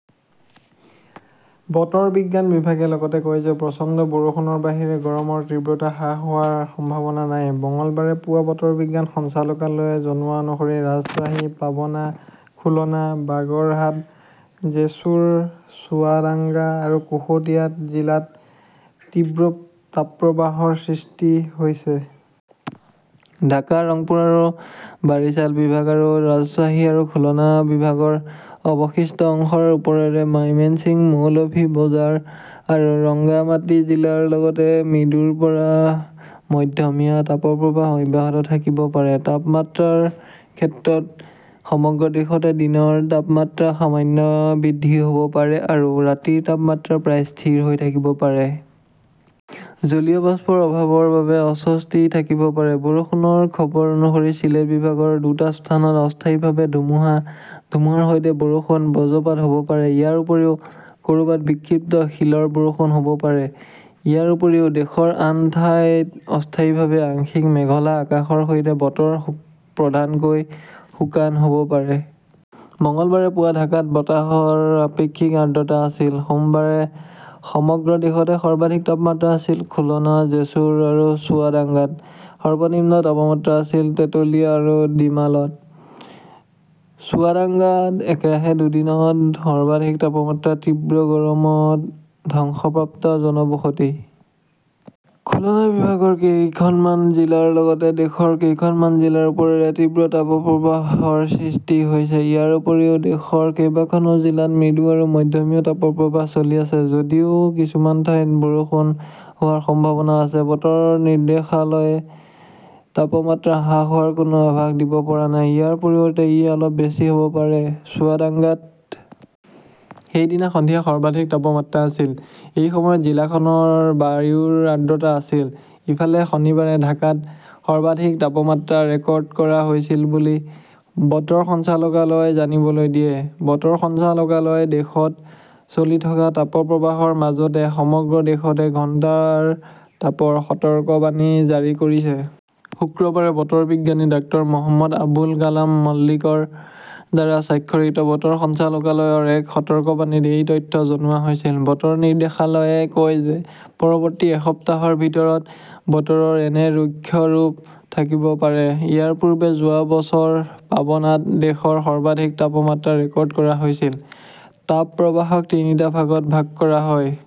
বতৰ বিজ্ঞান বিভাগে লগতে কয় যে প্ৰচণ্ড বৰষুণৰ বাহিৰে গৰমৰ তীব্ৰতা হ্ৰাস হোৱাৰ সম্ভাৱনা নাই। মঙলবাৰে পুৱা বতৰ বিজ্ঞান সঞ্চালকালয়ে জনোৱা অনুসৰি ৰাজশ্বাহী, পাবনা, খুলনা, বাগৰহাট, জেছুৰ, চুৱাডাঙ্গা আৰু কুশটিয়া জিলাত তীব্ৰ তাপপ্ৰৱাহৰ সৃষ্টি হৈছে। ঢাকা, ৰংপুৰ আৰু বাৰিছাল বিভাগ আৰু ৰাজশ্বাহী আৰু খুলনা বিভাগৰ অৱশিষ্ট অংশৰ ওপৰেৰে মাইমেন্সিং, মৌলভি বজাৰ আৰু ৰংগামাতী জিলাৰ লগতে মৃদুৰ পৰা মধ্যমীয়া তাপপ্ৰবাহ অব্যাহত থাকিব পাৰে। তাপমাত্ৰাৰ ক্ষেত্ৰত, সমগ্ৰ দেশতে দিনৰ তাপমাত্ৰা সামান্য বৃদ্ধি হ 'ব পাৰে আৰু ৰাতিৰ তাপমাত্ৰা প্ৰায় স্থিৰ হৈ থাকিব পাৰে। জলীয় বাষ্পৰ অভাৱৰ বাবে অস্বস্তি থাকিব পাৰে। বৰষুণৰ খবৰ অনুসৰি, চিলেট বিভাগৰ দুটা স্থানত অস্থায়ীভাৱে ধুমুহা, ধুমুহাৰ সৈতে বৰষুণ, বজ্ৰপাত হ 'ব পাৰে। ইয়াৰ উপৰিও ক'ৰবাত বিক্ষিপ্ত শিলৰ বৰষুণ হ'ব পাৰে। ইয়াৰ উপৰিও, দেশৰ আন ঠাইত অস্থায়ীভাৱে আংশিক মেঘলা আকাশৰ সৈতে বতৰ প্ৰধানকৈ শুকান হ 'ব পাৰে। মঙলবাৰে পুৱা ঢাকাত বতাহৰ আপেক্ষিক আৰ্দ্ৰতা আছিল। সোমবাৰে সমগ্ৰ দেশতে সৰ্বাধিক তাপমাত্ৰা আছিল খুলনা, জেছুৰ আৰু চুৱাডাঙ্গাত । সৰ্বনিম্ন তাপমাত্ৰা আছিল তেটলিয়া আৰু ডিমালাত । চুৱাডাঙ্গাত একেৰাহে দুদিনত সৰ্বাধিক তাপমাত্ৰা তীব্ৰ গৰমত ধ্বংসপ্ৰাপ্ত জনবসতি। খুলনা বিভাগৰ কেইখনমান জিলাৰ লগতে দেশৰ কেইখনমান জিলাৰ ওপৰেৰে তীব্ৰ তাপপ্ৰৱাহৰ সৃষ্টি হৈছে। ইয়াৰ উপৰিও দেশৰ কেইবাখনো জিলাত মৃদু আৰু মধ্যমীয়া তাপপ্ৰৱাহ চলি আছে। যদিও কিছুমান ঠাইত বৰষুণ হোৱাৰ সম্ভাৱনা আছে, বতৰ নিৰ্দেশালয়ে তাপমাত্ৰা হ্ৰাস হোৱাৰ কোনো আভাস দিব পৰা নাই; ইয়াৰ পৰিৱৰ্তে ই অলপ বেছি হ'ব পাৰে ।চুৱাডাঙ্গাত সেইদিনা সন্ধিয়া সৰ্বাধিক তাপমাত্ৰা আছিল। এই সময়ত জিলাখনৰ বায়ুৰ আৰ্দ্ৰতা আছিল। ইফালে, শনিবাৰে ঢাকাত সৰ্বাধিক তাপমাত্ৰা ৰেকৰ্ড কৰা হৈছিল বুলি বতৰ সঞ্চালকালয়ই জানিবলৈ দিয়ে। বতৰ সঞ্চালকালয়ই দেশত চলি থকা তাপপ্ৰবাহৰ মাজতে সমগ্ৰ দেশতে ঘণ্টাৰ তাপৰ সতৰ্কবাণী জাৰি কৰিছে। শুক্ৰবাৰে বতৰ বিজ্ঞানী ডাঃ মহম্মদ আবুল কালাম মল্লিকৰ দ্বাৰা স্বাক্ষৰিত বতৰ সঞ্চালকালয়ৰ এক সতৰ্কবাণীত এই তথ্য জনোৱা হৈছিল। বতৰ নিৰ্দেশালয়ে কয় যে পৰৱৰ্তী এসপ্তাহৰ ভিতৰত বতৰৰ এনে ৰুক্ষ ৰূপ থাকিব পাৰে। ইয়াৰ পূৰ্বে যোৱা বছৰ পাবনাত দেশৰ সৰ্বাধিক তাপমাত্ৰা ৰেকৰ্ড কৰা হৈছিল। তাপ প্ৰৱাহক তিনিটা ভাগত ভাগ কৰা হয়।